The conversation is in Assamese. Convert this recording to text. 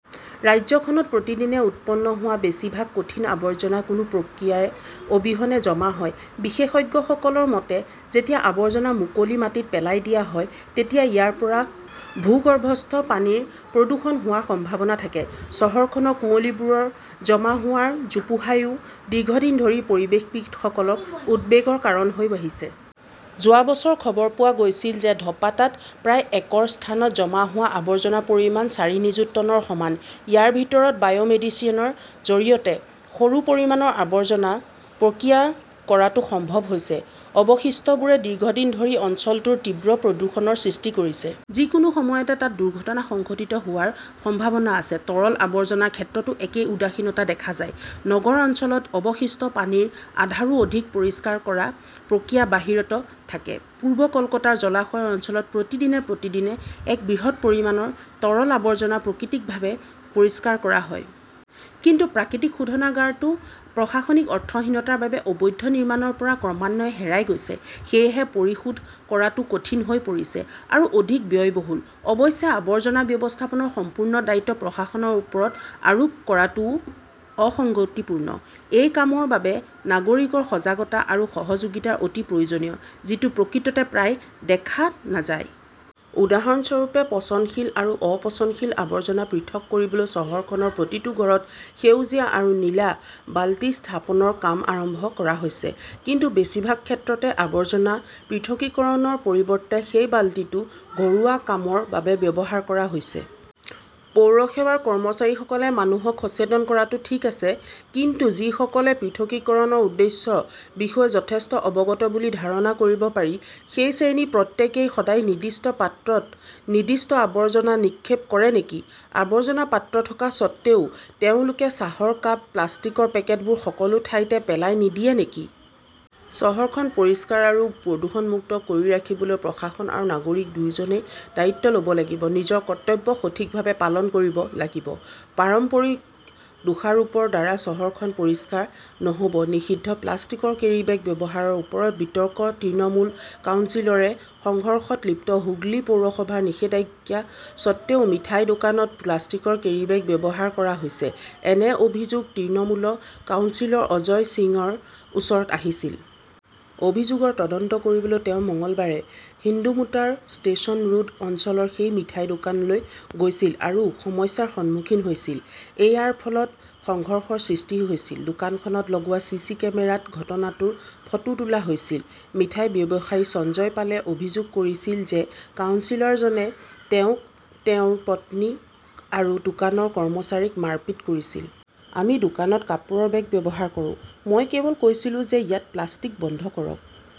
ৰাজ্যখনত প্ৰতিদিনে উৎপন্ন হোৱা বেছিভাগ কঠিন আৱৰ্জনা কোনো প্ৰক্ৰিয়া অবিহনে জমা হয়। বিশেষজ্ঞসকলৰ মতে, যেতিয়া আৱৰ্জনা মুকলি মাটিত পেলাই দিয়া হয় তেতিয়া ইয়াৰ পৰা ভূগৰ্ভস্থ পানীৰ প্ৰদূষণ হোৱাৰ সম্ভাৱনা থাকে। চহৰখনৰ কুঁৱলীবোৰৰ জমা হোৱা জোপোহাও দীৰ্ঘদিন ধৰি পৰিৱেশবিদসকলৰ উদ্বেগৰ কাৰণ হৈ আহিছে। যোৱা বছৰ খবৰ পোৱা গৈছিল যে ধপাতাত প্ৰায় একৰ স্থানত জমা হোৱা আৱৰ্জনাৰ পৰিমাণ চাৰি নিযুত টনৰ সমান। ইয়াৰ ভিতৰত বায়'ৰিমিডিশ্যনৰ জৰিয়তে সৰু পৰিমাণৰ আৱৰ্জনা প্ৰক্ৰিয়া কৰাটো সম্ভৱ হৈছে। অৱশিষ্টবোৰে দীৰ্ঘদিন ধৰি অঞ্চলটোৰ তীব্ৰ প্ৰদূষণৰ সৃষ্টি কৰিছে। যিকোনো সময়তে তাত দুৰ্ঘটনা সংঘটিত হোৱাৰ সম্ভাৱনা আছে। তৰল আৱৰ্জনাৰ ক্ষেত্ৰতো একে উদাসীনতা দেখা যায়। নগৰ অঞ্চলত অৱশিষ্ট পানীৰ আধাৰো অধিক পৰিষ্কাৰ কৰা প্ৰক্ৰিয়াৰ বাহিৰত থাকে। পূৱ কলকাতাৰ জলাশয় অঞ্চলত প্ৰতিদিনে প্ৰতিদিনে এক বৃহৎ পৰিমাণৰ তৰল আৱৰ্জনা প্ৰাকৃতিকভাৱে পৰিষ্কাৰ কৰা হয়। কিন্তু প্ৰাকৃতিক শোধনাগাৰটো প্ৰশাসনিক অৰ্থহীনতাৰ বাবে অবৈধ নিৰ্মাণৰ পৰা ক্ৰমান্বয়ে হেৰাই গৈছে। সেয়েহে, পৰিশোধ কৰাটো কঠিন হৈ পৰিছে, আৰু অধিক ব্যয়বহুল। অৱশ্যে, আৱৰ্জনা ব্যৱস্থাপনাৰ সম্পূৰ্ণ দায়িত্ব প্ৰশাসনৰ ওপৰত আৰোপ কৰাটোও অসঙ্গতিপূৰ্ণ। এই কামৰ বাবে নাগৰিকৰ সজাগতা আৰু সহযোগিতা অতি প্ৰয়োজনীয়, যিটো প্ৰকৃততে প্ৰায় দেখা নাযায়। উদাহৰণস্বৰূপে, পচনশীল আৰু অপচনশীল আৱৰ্জনা পৃথক কৰিবলৈ চহৰখনৰ প্ৰতিটো ঘৰত সেউজীয়া আৰু নীলা বালতি স্থাপনৰ কাম আৰম্ভ কৰা হৈছে। কিন্তু বেছিভাগ ক্ষেত্ৰতে আৱৰ্জনা পৃথকীকৰণৰ পৰিৱৰ্তে সেই বালতিটো ঘৰুৱা কামৰ বাবে ব্যৱহাৰ কৰা হৈছে। পৌৰসেৱাৰ কৰ্মচাৰীসকলে মানুহক সচেতন কৰাটো ঠিক আছে, কিন্তু যিসকলে পৃথকীকৰণৰ উদ্দেশ্যৰ বিষয়ে যথেষ্ট অৱগত বুলি ধাৰণা কৰিব পাৰি, সেই শ্ৰেণীৰ প্ৰত্যেকেই সদায় নিৰ্দিষ্ট পাত্ৰত নিৰ্দিষ্ট আৱৰ্জনা নিক্ষেপ কৰে নেকি? আৱৰ্জনাৰ পাত্ৰ থকা স্বত্বেও তেওঁলোকে চাহৰ কাপ, প্লাষ্টিকৰ পেকেটবোৰ সকলো ঠাইতে পেলাই নিদিয়ে নেকি? চহৰখন পৰিষ্কাৰ আৰু প্ৰদূষণমুক্ত কৰি ৰাখিবলৈ প্ৰশাসন আৰু নাগৰিক দুয়োজনে দায়িত্ব ল 'ব লাগিব, নিজৰ কৰ্তব্য সঠিকভাৱে পালন কৰিব লাগিব। পাৰস্পৰিক দোষাৰোপৰ দ্বাৰা চহৰখন পৰিষ্কাৰ নহ'ব। নিষিদ্ধ প্লাষ্টিকৰ কেৰীবেগ ব্যৱহাৰৰ ওপৰত বিতৰ্ক, তৃণমূল কাউন্সিলৰে সংঘৰ্ষত লিপ্ত হুগলী পৌৰসভাৰ নিষেধাজ্ঞা সত্বেও মিঠাইৰ দোকানত প্লাষ্টিকৰ কেৰীবেগ ব্যৱহাৰ কৰা হৈছে, এনে অভিযোগ তৃণমূল কাউন্সিলৰ অজয় সিঙৰ ওচৰত আহিছিল। অভিযোগৰ তদন্ত কৰিবলৈ তেওঁ মঙলবাৰে হিন্দমোটাৰ ষ্টেচন ৰোড অঞ্চলৰ সেই মিঠাইৰ দোকানলৈ গৈছিল আৰু সমস্যাৰ সন্মুখীন হৈছিল। এয়াৰ ফলত সংঘৰ্ষৰ সৃষ্টি হৈছিল। দোকানখনত লগোৱা চি. চি. কেমেৰাত ঘটনাটোৰ ফটো তোলা হৈছিল। মিঠাই ব্যৱসায়ী সঞ্জয় পালে অভিযোগ কৰিছিল যে কাউন্সিলৰজনে তেওঁক, তেওঁৰ পত্নীক আৰু দোকানৰ কৰ্মচাৰীক মাৰপিট কৰিছিল। আমি দোকানত কাপোৰৰ বেগ ব্যৱহাৰ কৰো। মই কেৱল কৈছিলো যে ইয়াত প্লাষ্টিক বন্ধ কৰক।